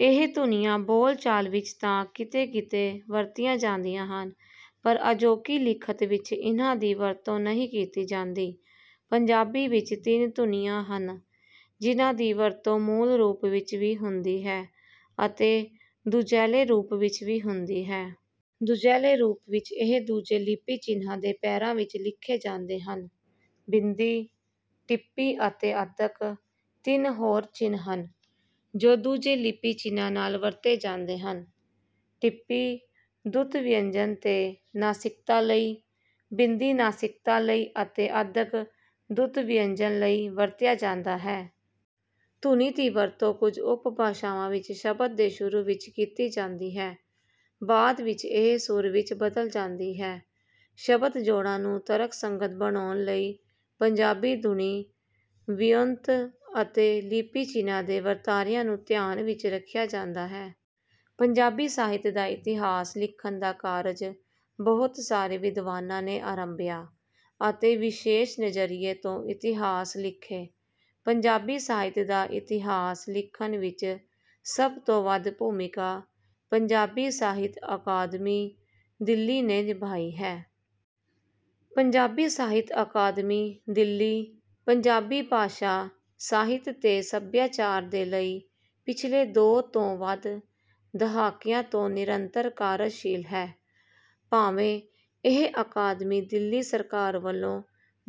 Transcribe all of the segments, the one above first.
ਇਹ ਧੁਨੀਆਂ ਬੋਲਚਾਲ ਵਿੱਚ ਤਾਂ ਕਿਤੇ-ਕਿਤੇ ਵਰਤੀਆਂ ਜਾਂਦੀਆਂ ਹਨ, ਪਰ ਅਜੋਕੀ ਲਿਖਤ ਵਿੱਚ ਇਨ੍ਹਾਂ ਦੀ ਵਰਤੋਂ ਨਹੀਂ ਕੀਤੀ ਜਾਂਦੀ। ਪੰਜਾਬੀ ਵਿੱਚ ਤਿੰਨ ਧੁਨੀਆਂ ਹਨ, ਜਿਨ੍ਹਾਂ ਦੀ ਵਰਤੋਂ ਮੂਲ ਰੂਪ ਵਿੱਚ ਵੀ ਹੁੰਦੀ ਹੈ ਅਤੇ ਦੁਜੈਲੇ ਰੂਪ ਵਿੱਚ ਵੀ ਹੁੰਦੀ ਹੈ। ਦੁਜੈਲੇ ਰੂਪ ਵਿੱਚ ਇਹ ਦੂਜੇ ਲਿਪੀ ਚਿੰਨ੍ਹਾਂ ਦੇ ਪੈਰਾਂ ਵਿੱਚ ਲਿਖੇ ਜਾਂਦੇ ਹਨ। ਬਿੰਦੀ, ਟਿੱਪੀ ਅਤੇ ਅੱਧਕ ਤਿੰਨ ਹੋਰ ਚਿੰਨ੍ਹ ਹਨ, ਜੋ ਦੂਜੇ ਲਿਪੀ ਚਿੰਨ੍ਹਾਂ ਨਾਲ ਵਰਤੇ ਜਾਂਦੇ ਹਨ। ਟਿੱਪੀ ਦੁੱਤ ਵਿਅੰਜਨ ਤੇ ਨਾਸਿਕਤਾ ਲਈ, ਬਿੰਦੀ ਨਾਸਿਕਤਾ ਲਈ ਅਤੇ ਅੱਧਕ ਦੁੱਤ ਵਿਅੰਜਨ ਲਈ ਵਰਤਿਆ ਜਾਂਦਾ ਹੈ। ਧੁਨੀ ਦੀ ਵਰਤੋਂ ਕੁਝ ਉਪਭਾਸ਼ਾਵਾਂ ਵਿੱਚ ਸ਼ਬਦ ਦੇ ਸ਼ੁਰੂ ਵਿੱਚ ਕੀਤੀ ਜਾਂਦੀ ਹੈ। ਬਾਅਦ ਵਿੱਚ ਇਹ ਸੁਰ ਵਿੱਚ ਬਦਲ ਜਾਂਦੀ ਹੈ। ਸ਼ਬਦ-ਜੋੜਾਂ ਨੂੰ ਤਰਕਸੰਗਤ ਬਣਾਉਣ ਲਈ ਪੰਜਾਬੀ ਧੁਨੀ-ਵਿਉਂਤ ਅਤੇ ਲਿਪੀ ਚਿੰਨ੍ਹਾਂ ਦੇ ਵਰਤਾਰਿਆਂ ਨੂੰ ਧਿਆਨ ਵਿੱਚ ਰੱਖਿਆ ਜਾਂਦਾ ਹੈ। ਪੰਜਾਬੀ ਸਾਹਿਤ ਦਾ ਇਤਿਹਾਸ ਲਿਖਣ ਦਾ ਕਾਰਜ ਬਹੁਤ ਸਾਰੇ ਵਿਦਵਾਨਾਂ ਨੇ ਆਰੰਭਿਆ ਅਤੇ ਵਿਸ਼ੇਸ਼ ਨਜ਼ਰੀਏ ਤੋਂ ਇਤਿਹਾਸ ਲਿਖੇ। ਪੰਜਾਬੀ ਸਾਹਿਤ ਦਾ ਇਤਿਹਾਸ ਲਿਖਣ ਵਿੱਚ ਸਭ ਤੋਂ ਵੱਧ ਭੂਮਿਕਾ ਪੰਜਾਬੀ ਸਾਹਿਤ ਅਕਾਦਮੀ, ਦਿੱਲੀ ਨੇ ਨਿਭਾਈ ਹੈ। ਪੰਜਾਬੀ ਸਾਹਿਤ ਅਕਾਦਮੀ, ਦਿੱਲੀ, ਪੰਜਾਬੀ ਭਾਸ਼ਾ, ਸਾਹਿਤ ਤੇ ਸੱਭਿਆਚਾਰ ਦੇ ਲਈ ਪਿਛਲੇ ਦੋ ਤੋਂ ਵੱਧ ਦਹਾਕਿਆਂ ਤੋਂ ਨਿਰੰਤਰ ਕਾਰਜਸ਼ੀਲ ਹੈ। ਭਾਵੇਂ ਇਹ ਅਕਾਦਮੀ ਦਿੱਲੀ ਸਰਕਾਰ ਵੱਲੋਂ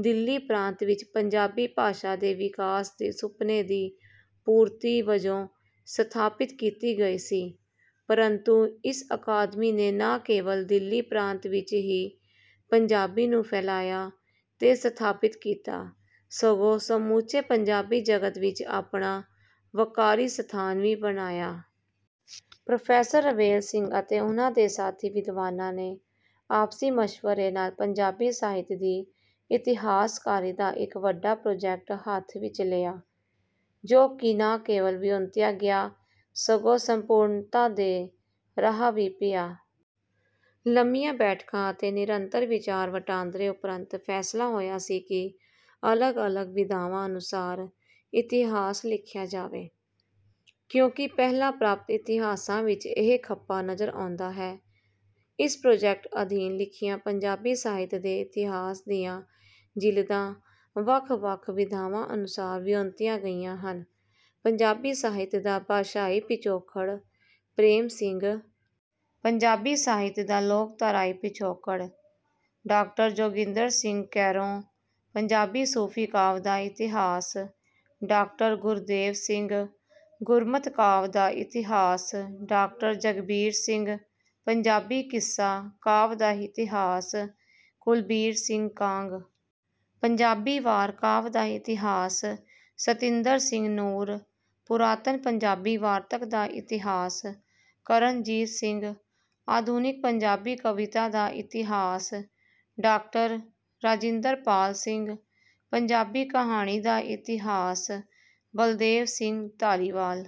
ਦਿੱਲੀ ਪ੍ਰਾਂਤ ਵਿੱਚ ਪੰਜਾਬੀ ਭਾਸ਼ਾ ਦੇ ਵਿਕਾਸ ਦੇ ਸੁਪਨੇ ਦੀ ਪੂਰਤੀ ਵਜੋਂ ਸਥਾਪਿਤ ਕੀਤੀ ਗਈ ਸੀ, ਪਰੰਤੂ ਇਸ ਅਕਾਦਮੀ ਨੇ ਨਾ ਕੇਵਲ ਦਿੱਲੀ ਪ੍ਰਾਂਤ ਵਿੱਚ ਹੀ ਪੰਜਾਬੀ ਨੂੰ ਫੈਲਾਇਆ ਤੇ ਸਥਾਪਿਤ ਕੀਤਾ, ਸਗੋਂ ਸਮੁੱਚੇ ਪੰਜਾਬੀ ਜਗਤ ਵਿੱਚ ਆਪਣਾ ਵਕਾਰੀ ਸਥਾਨ ਵੀ ਬਣਾਇਆ। ਪ੍ਰੋਫ਼ੈਸਰ ਰਵੇਲ ਸਿੰਘ ਅਤੇ ਉਹਨਾਂ ਦੇ ਸਾਥੀ ਵਿਦਵਾਨਾਂ ਨੇ ਆਪਸੀ ਮਸ਼ਵਰੇ ਨਾਲ ਪੰਜਾਬੀ ਸਾਹਿਤ ਦੀ ਇਤਿਹਾਸਕਾਰੀ ਦਾ ਇੱਕ ਵੱਡਾ ਪ੍ਰੋਜੈਕਟ ਹੱਥ ਵਿੱਚ ਲਿਆ, ਜੋ ਕਿ ਨਾ ਕੇਵਲ ਵਿਉਂਤਿਆ ਗਿਆ, ਸਗੋਂ ਸੰਪੂਰਨਤਾ ਦੇ ਰਾਹ ਵੀ ਪਿਆ। ਲੰਮੀਆਂ ਬੈਠਕਾਂ ਅਤੇ ਨਿਰੰਤਰ ਵਿਚਾਰ-ਵਟਾਂਦਰੇ ਉਪਰੰਤ ਫ਼ੈਸਲਾ ਹੋਇਆ ਸੀ ਕਿ ਅਲੱਗ-ਅਲੱਗ ਵਿਧਾਵਾਂ ਅਨੁਸਾਰ ਇਤਿਹਾਸ ਲਿਖਿਆ ਜਾਵੇ, ਕਿਉਂਕਿ ਪਹਿਲਾਂ ਪ੍ਰਾਪਤ ਇਤਿਹਾਸਾਂ ਵਿੱਚ ਇਹ ਖੱਪਾ ਨਜ਼ਰ ਆਉਂਦਾ ਹੈ। ਇਸ ਪ੍ਰੋਜੈਕਟ ਅਧੀਨ ਲਿਖੀਆਂ ਪੰਜਾਬੀ ਸਾਹਿਤ ਦੇ ਇਤਿਹਾਸ ਦੀਆਂ ਜਿਲਦਾਂ ਵੱਖ-ਵੱਖ ਵਿਧਾਵਾਂ ਅਨੁਸਾਰ ਵਿਉਂਤੀਆਂ ਗਈਆਂ ਹਨ: ਪੰਜਾਬੀ ਸਾਹਿਤ ਦਾ ਭਾਸ਼ਾਈ ਪਿਛੋਕੜ-- ਪ੍ਰੇਮ ਸਿੰਘ। ਪੰਜਾਬੀ ਸਾਹਿਤ ਦਾ ਲੋਕਧਾਰਾਈ ਪਿਛੋਕੜ -- ਡਾਕਟਰ ਜੋਗਿੰਦਰ ਸਿੰਘ ਕੈਰੋਂ। ਪੰਜਾਬੀ ਸੂਫ਼ੀ ਕਾਵਿ ਦਾ ਇਤਿਹਾਸ — ਡਾਕਟਰ. ਗੁਰਦੇਵ ਸਿੰਘ। ਗੁਰਮਤਿ ਕਾਵਿ ਦਾ ਇਤਿਹਾਸ -ਡਾਕਟਰ. ਜਗਬੀਰ ਸਿੰਘ। ਪੰਜਾਬੀ ਕਿੱਸਾ ਕਾਵਿ ਦਾ ਇਤਿਹਾਸ — ਕੁਲਬੀਰ ਸਿੰਘ ਕਾਂਗ। ਪੰਜਾਬੀ ਵਾਰ ਕਾਵਿ ਦਾ ਇਤਿਹਾਸ — ਸਤਿੰਦਰ ਸਿੰਘ ਨੂਰ। ਪੁਰਾਤਨ ਪੰਜਾਬੀ ਵਾਰਤਕ ਦਾ ਇਤਿਹਾਸ — ਕਰਨਜੀਤ ਸਿੰਘ। ਆਧੁਨਿਕ ਪੰਜਾਬੀ ਕਵਿਤਾ ਦਾ ਇਤਿਹਾਸ — ਡਾਕਟਰ. ਰਾਜਿੰਦਰ ਪਾਲ ਸਿੰਘ। ਪੰਜਾਬੀ ਕਹਾਣੀ ਦਾ ਇਤਿਹਾਸ — ਬਲਦੇਵ ਸਿੰਘ ਧਾਲੀਵਾਲ।